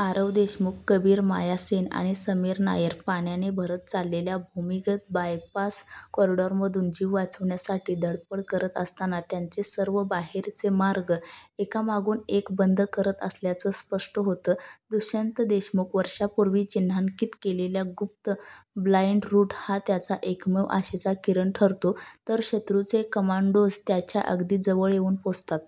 आरव देशमुख, कबीर, माया सेन आणि समीर नायर पाण्याने भरत चाललेल्या भूमिगत बायपास कॉरिडॉरमधून जीव वाचवण्यासाठी धडपड करत असताना त्यांचे सर्व बाहेरचे मार्ग एकामागून एक बंद करत असल्याचं स्पष्ट होतं. दुष्यंत देशमुखने वर्षांपूर्वी चिन्हांकित केलेला गुप्त "ब्लाइंड रूट" हा त्यांचा एकमेव आशेचा किरण ठरतो, तर शत्रूचे कमांडोज त्यांच्या अगदी जवळ येऊन पोहोचतात.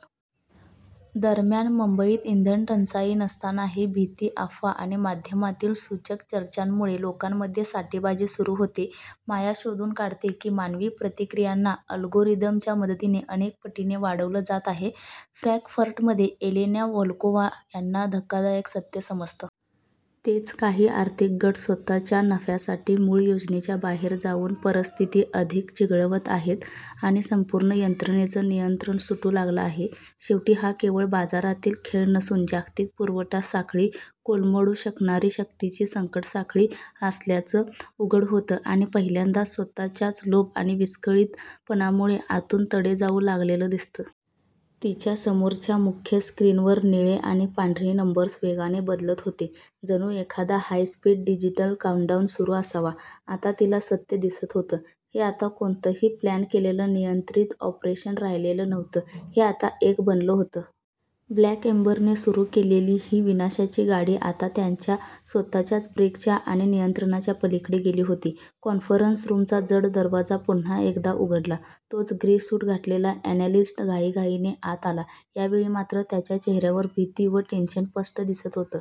दरम्यान मुंबईत इंधनटंचाई नसतानाही भीती, अफवा आणि माध्यमांतील सूचक चर्चांमुळे लोकांमध्ये साठेबाजी सुरू होते. माया शोधून काढते की मानवी प्रतिक्रियांना अल्गोरिदमच्या मदतीने अनेक पटींनी वाढवलं जात आहे. फ्रँकफर्टमध्ये एलेना व्होल्कोव्हा यांना धक्कादायक सत्य समजतं. तेच काही आर्थिक गट स्वतःच्या नफ्यासाठी मूळ योजनेच्या बाहेर जाऊन परिस्थिती अधिक चिघळवत आहेत आणि संपूर्ण यंत्रणेचं नियंत्रण सुटू लागलं आहे. शेवटी हा केवळ बाजारातील खेळ नसून जागतिक पुरवठा साखळी कोलमडवू शकणारी सक्तीची संकटसाखळी असल्याचं उघड होतं आणि पहिल्यांदाच स्वतःच्याच लोभ आणि विस्कळीतपणामुळे आतून तडे जाऊ लागलेलं दिसतं. तिच्या समोरच्या मुख्य स्क्रीनवर निळे आणि पांढरे नंबर्स वेगाने बदलत होते, जणू एखादा हाय-स्पीड डिजिटल काउंटडाऊन सुरू असावा. आता तिला सत्य दिसत होतं. हे आता कोणतंही प्लॅन केलेलं, नियंत्रित ऑपरेशन राहिलेलं नव्हतं. हे आता एक बनलं होतं. 'ब्लॅक एम्बर'ने सुरू केलेली ही विनाशाची गाडी आता त्यांच्या स्वतःच्या ब्रेकच्या आणि नियंत्रणाच्या पलीकडे गेली होती. कॉन्फरन्स रूमचा जड दरवाजा पुन्हा एकदा उघडला. तोच ग्रे सूट घातलेला अनॅलिस्ट घाईघाईने आत आला. यावेळी मात्र त्याच्या चेहऱ्यावर भीती व टेन्शन स्पष्ट दिसत होतं.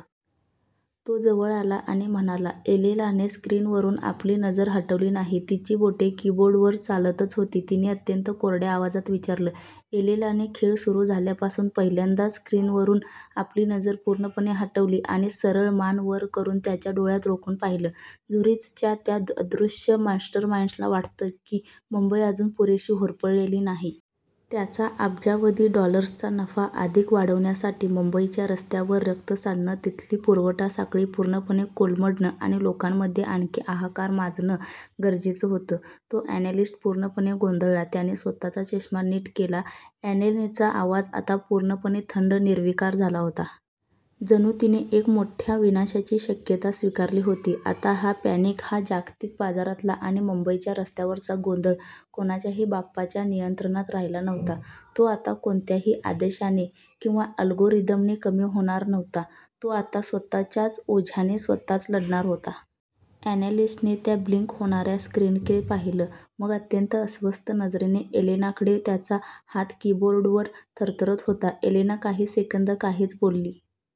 तो जवळ आला आणि म्हणाला, "एलेनाने स्क्रीनवरून आपली नजर हटवली नाही, तिची बोटे कीबोर्डवर चालतच होती. तिने अत्यंत कोरड्या आवाजात विचारलं," एलेनाने खेळ सुरू झाल्यापासून पहिल्यांदाच स्क्रीनवरून आपली नजर पूर्णपणे हटवली आणि सरळ मान वर करून त्याच्या डोळ्यांत रोखून पाहिलं, झुरिचच्या त्या अदृश्य मास्टरमाइंड्सना वाटत होतं की, मुंबई अजून पुरेशी होरपळलेली नाही. त्यांचा अब्जावधी डॉलर्सचा नफा अधिक वाढवण्यासाठी मुंबईच्या रस्त्यांवर रक्त सांडणं, तिथली पुरवठा साखळी पूर्णपणे कोलमडणं आणि लोकांमध्ये आणखी हाहाकार माजणं गरजेचं होतं. तो अनॅलिस्ट पूर्णपणे गोंधळला. त्याने स्वतःचा चष्मा नीट केला, एलेनाचा आवाज आता पूर्णपणे थंड, निर्विकार झाला होता. जणू तिने एका मोठ्या विनाशाची शक्यता स्वीकारली होती. आता हा पॅनिक, हा जागतिक बाजारातला आणि मुंबईच्या रस्त्यांवरचा गोंधळ कोणाच्याही बापाच्या नियंत्रणात राहिला नव्हता. तो आता कोणत्याही आदेशाने किंवा अल्गोरिदमने कमी होणार नव्हता. तो आता स्वतःच्याच ओझ्याने, स्वतःच वाढणार होता. अनॅलिस्टने त्या ब्लिंक होणाऱ्या स्क्रीनकडे पाहिलं, मग अत्यंत अस्वस्थ नजरेने एलेनाकडे. त्याचा हात कीबोर्डवर थरथरत होता. एलेना काही सेकंद काहीच बोलली